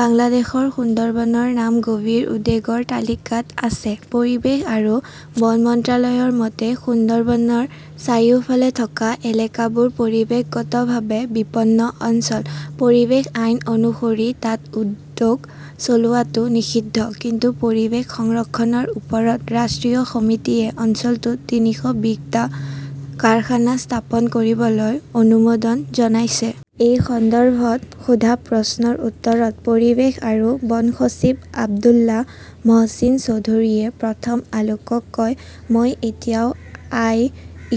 বাংলাদেশৰ সুন্দৰবনৰ নাম গভীৰ উদ্বেগৰ তালিকাত আছে। পৰিৱেশ আৰু বন মন্ত্ৰালয়ৰ মতে, সুন্দৰবনৰ চাৰিওফালে থকা এলেকাবোৰ পৰিৱেশগতভাৱে বিপন্ন অঞ্চল। পৰিৱেশ আইন অনুসৰি তাত উদ্যোগ চলোৱাটো নিষিদ্ধ। কিন্তু পৰিৱেশ সংৰক্ষণৰ ওপৰত ৰাষ্ট্ৰীয় সমিতিয়ে অঞ্চলটোত তিনিশ বিশ টা কাৰখানা স্থাপন কৰিবলৈ অনুমোদন জনাইছে। এই সন্দৰ্ভত সোধা প্ৰশ্নৰ উত্তৰত পৰিৱেশ আৰু বন সচিব আব্দুল্লাহ মহচিন চৌধুৰীয়ে প্ৰথম আলোকক কয়, মই এতিয়াও আই.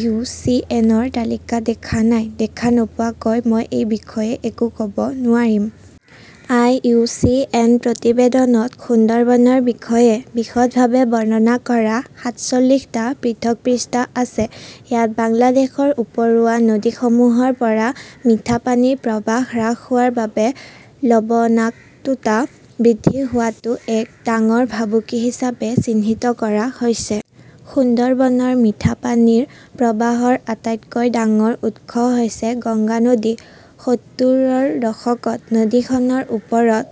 ইউ. চি. এন. -ৰ তালিকা দেখা নাই। দেখা নোপোৱাকৈ মই এই বিষয়ে একো ক "ব নোৱাৰিম। আই. ইউ. চি. এন. প্ৰতিবেদনত সুন্দৰবনৰ বিষয়ে বিশদভাৱে বৰ্ণনা কৰা সাত চল্লিশ টা পৃথক পৃষ্ঠা আছে। ইয়াত বাংলাদেশৰ উপৰুৱা নদীসমূহৰ পৰা মিঠা পানীৰ প্ৰবাহ হ্ৰাস হোৱাৰ বাবে লবণাক্ততা বৃদ্ধি হোৱাটো এক ডাঙৰ ভাবুকি হিচাপে চিহ্নিত কৰা হৈছে। সুন্দৰবনৰ মিঠা পানীৰ প্ৰবাহৰ আটাইতকৈ ডাঙৰ উৎস হৈছে গংগা নদী। সত্তৰ ৰ দশকত নদীখনৰ ওপৰত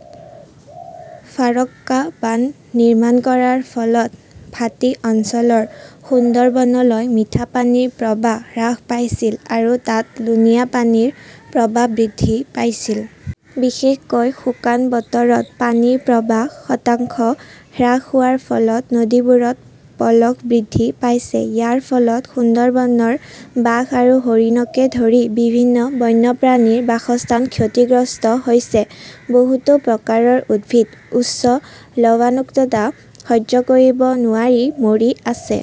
ফাৰক্কা বান্ধ নিৰ্মাণ কৰাৰ ফলত ভাটি অঞ্চলৰ সুন্দৰবনলৈ মিঠা পানীৰ প্ৰৱাহ হ্ৰাস পাইছিল আৰু তাত লুনীয়া পানীৰ প্ৰৱাহ বৃদ্ধি পাইছিল। বিশেষকৈ শুকান বতৰত পানীৰ প্ৰৱাহ শতাংশ হ্ৰাস হোৱাৰ ফলত নদীবোৰত পলস বৃদ্ধি পাইছে। ইয়াৰ ফলত সুন্দৰবনৰ বাঘ আৰু হৰিণকে ধৰি বিভিন্ন বন্যপ্ৰাণীৰ বাসস্থান ক্ষতিগ্ৰস্ত হৈছে। বহুতো প্ৰকাৰৰ উদ্ভিদ উচ্চ লবণাক্ততা সহ্য কৰিব নোৱাৰি মৰি আছে।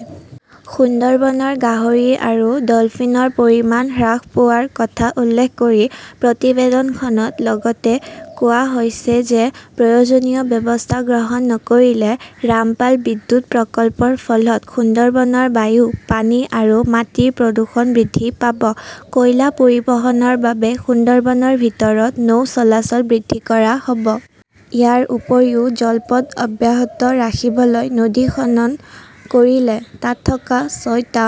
সুন্দৰবনৰ গাহৰি আৰু ডলফিনৰ পৰিমাণ হ্ৰাস পোৱাৰ কথা উল্লেখ কৰি প্ৰতিবেদনখনত লগতে কোৱা হৈছে যে প্ৰয়োজনীয় ব্যৱস্থা গ্ৰহণ নকৰিলে ৰামপাল বিদ্যুৎ প্ৰকল্পৰ ফলত সুন্দৰবনৰ বায়ু, পানী আৰু মাটিৰ প্ৰদূষণ বৃদ্ধি পাব। কয়লা পৰিবহণৰ বাবে সুন্দৰবনৰ ভিতৰত নৌ চলাচল বৃদ্ধি কৰা হ'ব। ইয়াৰ উপৰিও জলপথ অব্যাহত ৰাখিবলৈ নদী খনন কৰিলে তাত থকা ছয়টা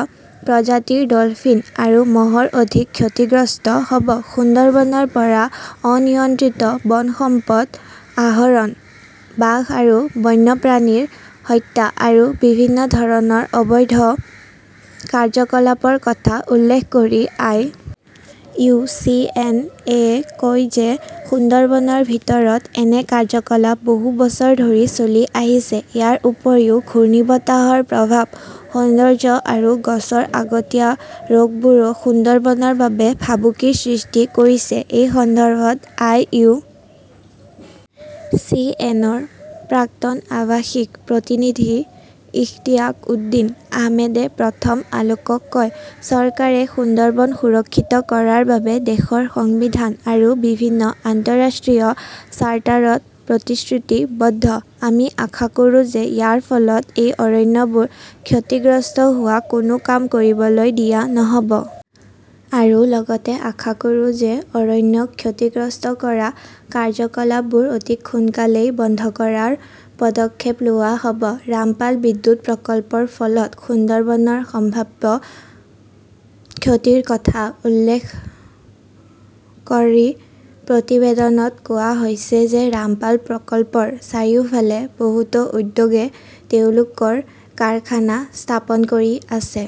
প্ৰজাতিৰ ডলফিন আৰু মহৰ অধিক ক্ষতিগ্ৰস্ত হ'ব। সুন্দৰবনৰ পৰা অনিয়ন্ত্ৰিত বন সম্পদ আহৰণ, বাঘ আৰু বন্যপ্ৰাণীৰ হত্যা আৰু বিভিন্ন ধৰণৰ অবৈধ কাৰ্যকলাপৰ কথা উল্লেখ কৰি আই. ইউ. চি. এন. -এ কয় যে সুন্দৰবনৰ ভিতৰত এনে কাৰ্যকলাপ বহু বছৰ ধৰি চলি আহিছে। ইয়াৰ উপৰিও ঘূৰ্ণীবতাহৰ প্ৰভাৱ, সৌন্দৰ্য্য আৰু গছৰ আগতীয়া ৰোগবোৰো সুন্দৰবনৰ বাবে ভাবুকিৰ সৃষ্টি কৰিছে। এই সন্দৰ্ভত আই. ইউ. চি. এন. -ৰ প্ৰাক্তন আৱাসিক প্ৰতিনিধি ইশতিয়াক উদ্দীন আহমেদে প্ৰথম আলোকক কয়, চৰকাৰে সুন্দৰবন সুৰক্ষিত কৰাৰ বাবে দেশৰ সংবিধান আৰু বিভিন্ন আন্তঃৰাষ্ট্ৰীয় চাৰ্টাৰত প্ৰতিশ্ৰুতিবদ্ধ। আমি আশা কৰোঁ যে ইয়াৰ ফলত এই অৰণ্যবোৰ ক্ষতিগ্ৰস্ত হোৱা কোনো কাম কৰিবলৈ দিয়া নহ 'ব। আৰু লগতে আশা কৰোঁ যে অৰণ্যক ক্ষতিগ্ৰস্ত কৰা কাৰ্যকলাপবোৰ অতি সোনকালেই বন্ধ কৰাৰ পদক্ষেপ লোৱা হ'ব। ৰামপাল বিদ্যুৎ প্ৰকল্পৰ ফলত সুন্দৰবনৰ সম্ভাৱ্য ক্ষতিৰ কথা উল্লেখ কৰি প্ৰতিবেদনত কোৱা হৈছে যে ৰামপাল প্ৰকল্পৰ চাৰিওফালে বহুতো উদ্যোগে তেওঁলোকৰ কাৰখানা স্থাপন কৰি আছে।